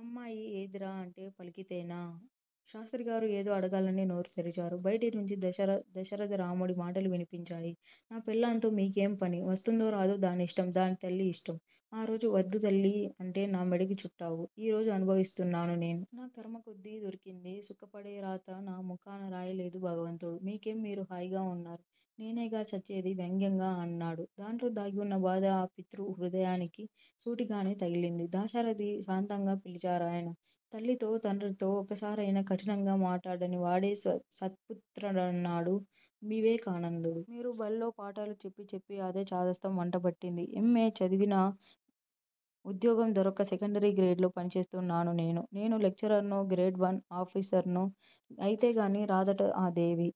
అమ్మాయి ఏదిరా అంటే పలికితేనా? శాస్త్రిగారు ఏదో అడగాలని నోరు తెరిచారు. బయటి నుంచి దశరధరాముడి మాటలు వినిపించాయి. నా పెళ్ళాంతో మీకేం పని? వస్తుందో రాదో దానిష్టం, దాని తల్లి యిష్టం. ఆరోజు వద్దు తల్లీ! అంటే నా మెడకి చుట్టావు. ఈరోజు అనుభవిస్తున్నాను నేను. నా ఖర్మకొద్దీ దొరికింది. సుఖపడేరాత నా ముఖాన రాయలేదు భగవంతుడు. మీకేం మీరు హాయిగా వున్నారు. నేనేగా చచ్చేది వ్యంగ్యంగా అన్నాడు. దాంట్లో దాగివున్న బాధ ఆ పితృ హృదయానికి సూటిగానే తగిలింది. దాశరధీ! శాంతంగా పిలిచారాయన. తల్లితో తండ్రితో ఒక్కసారయినా కఠినంగా మాటాడనివాడే సత్పుత్రుడన్నాడు వివేకానందుడు. మీరు బళ్ళో పాఠాలు చెప్పి చెప్పి అదే చాదస్తం వంటబట్టింది. ఎమ్మే చదివినా ఉద్యోగం దొరక్క సెకండరీ గ్రేడ్ లో పనిచేస్తున్నాను నేను. నేను లెక్చరర్నో గ్రేడ్ వన్ ఆఫీసర్నో అయితేగానీ రాదట ఆ దేవి!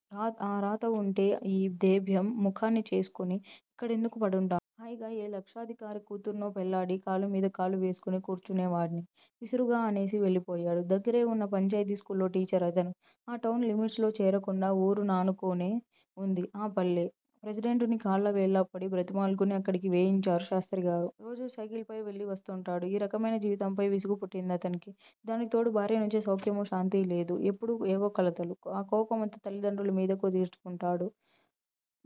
ఆ రాతవుంటే యీ దేభ్యం ముఖాన్ని చేసుకుని ఇక్కడెందుకు పడుంటాను? హాయిగా ఏ లక్షాధికారి కూతుర్నో పెళ్ళాడి, కాలుమీద కాలు వేసుకుని కూర్చునేవాడ్ని విసురుగా అనేసి వెళ్ళిపోయాడు. దగ్గరేవున్న పంచాయితీ స్కూల్లో టీచర్ అతను. ఆ టౌన్ లిమిట్స్ లో చేరకుండా వూరునానుకునే వుంది ఆ పల్లె. ప్రెసిడెంటుని కాళ్ళా వేళ్ళా పడి బ్రతిమాలుకుని అక్కడికి వేయించారు శాస్త్రిగారు. రోజూ సైకిల్ పై వెళ్ళి వస్తుంటాడు. ఈ రకమైన జీవితంపై విసుగుపుట్టిందతనికి. దానికితోడు భార్యనుంచి సౌఖ్యమూ శాంతీ లేదు. ఎప్పుడూ ఏవో కలతలు. ఆ కోపమంతా తల్లిదండ్రులమీద తీర్చుకుంటుంటాడు.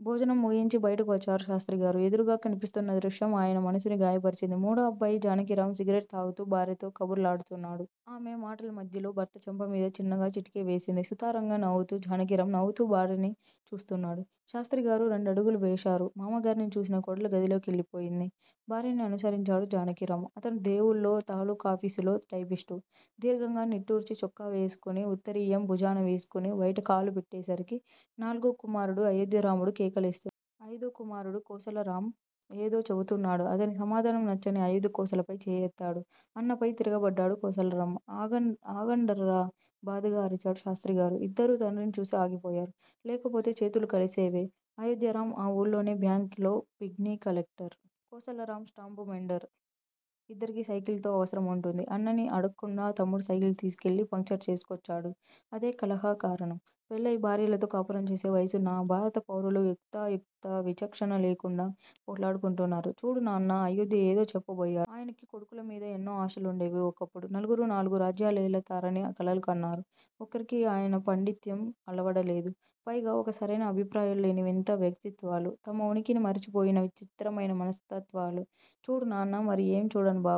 భోజనం ముగించి బయటకు వచ్చారు శాస్త్రిగారు. ఎదురుగా కనిపిస్తున్న దృశ్యం ఆయన మనసుని గాయపరచింది. మూడో అబ్బాయి జానకిరాం సిగరెట్ తాగుతూ భార్యతో కబుర్లాడుతున్నాడు. ఆమె మాటలమధ్యలో భర్త చెంపమీద చిన్నగా చిటికె వేసింది సుతారంగా నవ్వుతూ. జానకిరాం నవ్వుతూ భార్యనే చూస్తున్నాడు. శాస్త్రిగారు రెండడుగులు వేశారు. మామగారిని చూసిన కోడలు గదిలోకెళ్ళిపోయింది. భార్యని అనుసరించాడు జానకిరాం. అతనదేవూళ్ళో తాలూకాఫీసులో టైపిస్టు. దీర్ఘంగా నిట్టూర్చి చొక్కా వేసుకుని, ఉత్తరీయం భుజాన వేసుకుని బయట కాలుపెట్టేసరికి నాలుగో కుమారుడు అయోధ్య రాముడు కేకలేస్తు అయిదో కుమారుడు కోసల రాం ఏదో చెపుతున్నాడు అతని సమాధానం నచ్చని అయోధ్య కోసలపై చేయెత్తాడు. అన్నపై తిరగబడ్డాడు కోసలరాం. ఆగండర్రా బాధగా అరిచారు శాస్త్రిగారు. ఇద్దరూ తండ్రిని చూసి ఆగిపోయారు. లేకపోతే చేతులు కలిసేవే. అయోధ్యరాం ఆ ఊళ్ళోనే బ్యాంక్ లో pigmy collector. Kosalaram stamp vendor. ఇద్దరికి సైకిల్ తో అవసరముంటుంది. అన్నని అడక్కుండా తమ్ముడు సైకిల్ తీసికెళ్ళి పంక్చర్ చేసుకొచ్చాడు. అదే కలహకారణం. పెళ్ళయి భార్యలతో కాపురం చేసే వయసున్న ఆ భారత పౌరులు యుక్తా యుక్త విచక్షణ లేకుండా పోట్లాడుకుంటున్నారు. చూడు నాన్నా అయోధ్య ఏదో చెప్పబోయాడు. ఆయనకి కొడుకుల మీద ఎన్నో ఆశలుండేవి ఒకప్పుడు. నలుగురూ నాలుగు రాజ్యాలేలతారని కలలు కన్నారు. ఒక్కరికీ ఆయన పాండిత్యం అలవడలేదు. పైగా ఒక సరైన అభిప్రాయాలు లేని వింత వ్యక్తిత్వాలు! తమ ఉనికిని మరిచిపోయిన చిత్రమైన మనస్తత్వాలు. చూడు నాన్నా మరి ఏం చూడను బాబూ!